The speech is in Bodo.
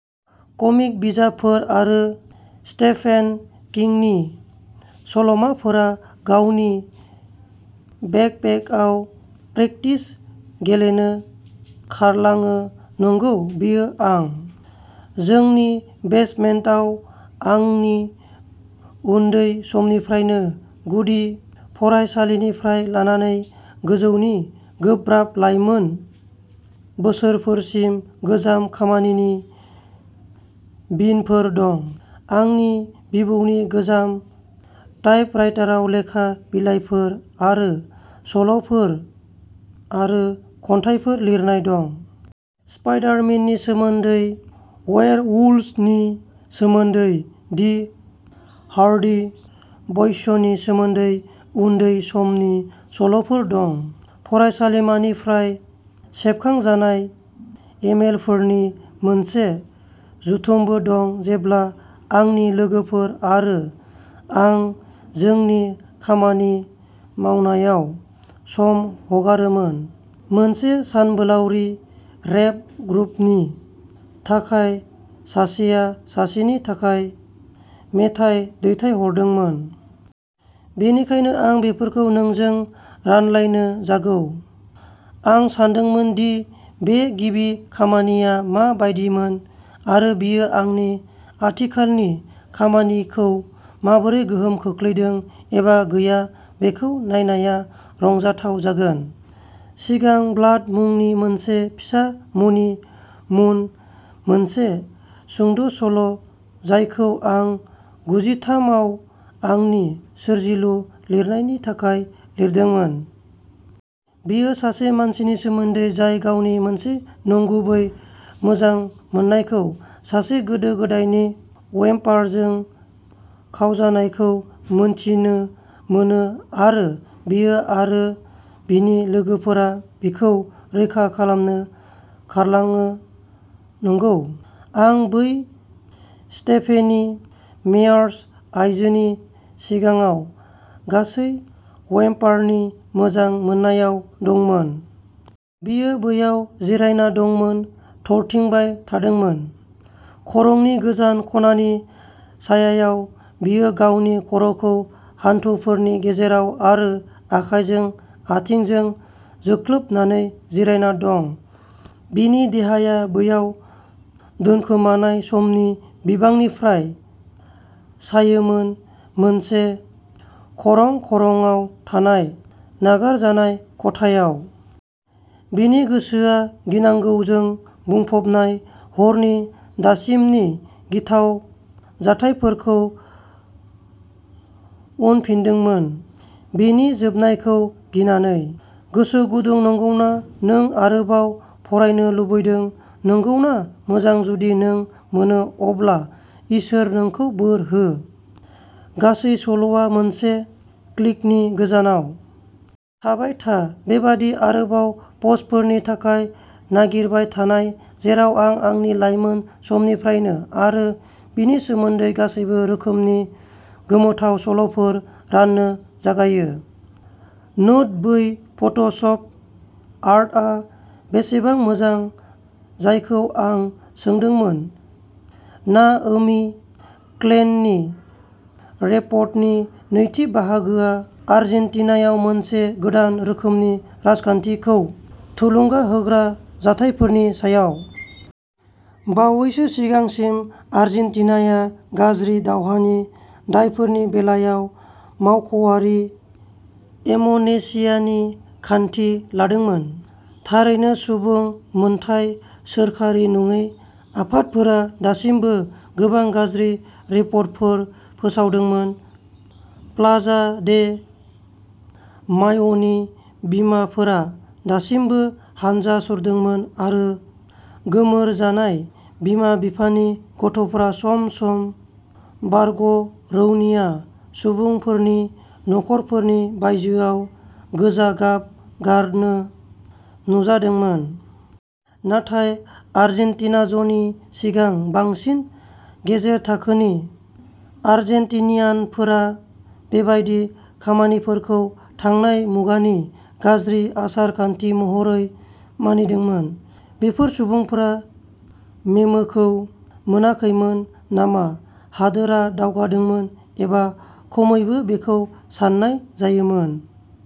कमिक बिजाबफोर आरो स्टेफेन किंनि सल'माफोरा गावनि बेकपेकआव प्रेकटिस गेलेनो खारलाङो नंगौ बेयो आं। जोंनि बेसमेन्टाव आंनि उन्दै समनिफ्रायनो गुदि फरायसालिनिफ्राय लानानै गोजौनि गोब्राब लाइमोन बोसोरफोरसिम गोजाम खामानिनि बिनफोर दं। आंनि बिबौनि गोजाम टाइपराइटाराव लेखा बिलाइफोर आरो सल'फोर आरो खन्थाइफोर लिरनाय दं। स्पाइडर-मेननि सोमोन्दै वेयरवुल्व्सनि सोमोन्दै दि हार्डि ब'य्सनि सोमोन्दै उन्दै समनि सल'फोर दं। फरायसालिमानिफ्राय सेबखांजानाय इमेलफोरनि मोनसे जुथुमबो दं जेब्ला आंनि लोगोफोर आरो आं जोंनि खामानि फरायनायाव सम हगारोमोन मोनसे सानबोलावरि रेप ग्रुपनि थाखाय सासेया सासेनि थाखाय मेथाइ दैथायहरदोंमोन। बेनिखायनो आं बेफोरखौ नोंजों रानलायनो जागौ। आं सानदोंमोन दि बे गिबि खामानिया मा बायदिमोन आरो बेयो आंनि आथिखालनि खामानिखौ माबोरै गोहोम खोख्लैदों एबा गैया-बेखौ नायनाया रंजाथाव जागोन। सिगां ब्लाड मुंनि मोनसे फिसा मणि मुन मोनसे सुंद'सल'जायखौ आं गुजिथाम आव आंनि सोरजिलु लिरनायनि थाखाय लिरदोंमोन। बेयो सासे मानसिनि सोमोन्दै जाय गावनि मोनसे नंगुबै मोजां मोननायखौ सासे गोदो गोदायनि वेम्पायरजों खावजानायखौ मिथिनो मोनो आरो बियो आरो बिनि लोगोफोरा बिखौ रैखा खालामनो खारलाङो नंगौ। आं बै स्टेफेनि मेयार्स आइजोनि सिगाङाव गासै वेम्पायरनि मोजां मोननायाव दंमोन। बियो बैयाव जिरायना दंमोन थरथिंबाय थादोंमोन। खरंनि गोजान ख'नानि सायायाव बियो गावनि खर'खौ हान्थुफोरनि गेजेराव आरो आखाइखौ आथिंजों जोख्लोबनानै जिरायना दंमोन। बिनि देहाया बैयाव दोनखोमानाय समनि बिबांनिफ्राय सायोमोन मोनसे ख'रं ख'रंआव थानाय नागारजानाय खथायाव। बिनि गोसोआ गिनांगौजों बुंफबनाय हरनि दासिमनि गिथाव जाथायफोरखौ उनफिनदोंमोन बेनि जोबनायखौ गिनानै। गोसो गुदुं नंगौना नों आरोबाव फरायनो लुबैदों नंगौना मोजां जुदि नों मोनो अब्ला इसोर नोंखौ बोर हो। गासै सल'आ मोनसे क्लिकनि गोजानाव। थाबाय था। बेबायदि आरोबाव पस्टफोरनि थाखाय नागिरबाय थानाय जेराव आं आंनि लाइमोन समनिफ्रायनो आरो बिनि सोमोन्दै गासैबो रोखोमनि गोमोथाव सल'फोर राननो जागायो। नोट बै फट'शप आर्टआ बेसेबां मोजां जायखौ आं सोंदोंमोन नाओमी क्लेइननि रिपर्टनि नैथि बाहागोआ आर्जेन्टिनायाव मोनसे गोदान रोखोमनि राजखान्थिखौ थुलुंगा होग्रा जाथायफोरनि सायाव। बावैसो सिगांसिम आर्जेन्टिनाया गाज्रि दावहानि दायफोरनि बेलायाव मावख'आरि एमनेसियानि खान्थि लादोंमोन। थारैनो सुबुं मोनथाय सोरखारि नङि आफादफोरा दासिमबो गोबां गाज्रि रिपर्टफोर फोसावदोंमोन प्लाजा दे माय'नि बिमाफोरा दासिमबो हानजा सुरदोंमोन आरो गोमोरजानाय बिमा बिफानि गथ'फोरा सम सम बारग'रौनिया सुबुंफोरनि न'फोरनि बायजोआव गोजा गाब गारनो नुजादोंमोन। नाथाय आर्जेन्टिनाज'नि सिगां बांसिन गेजेर थाखोनि आर्जेन्टिनियानफोरा बेबादि खामानिफोरखौ थांनाय मुगानि गाज्रि आसार खान्थि महरै मानिदोंमोन। बेफोर सुबुंफोरा मेमोखौ मोनाखैमोन नामा हादोरा दावगादोंमोन एबा खमैबो बेखौ सान्नाय जायोमोन।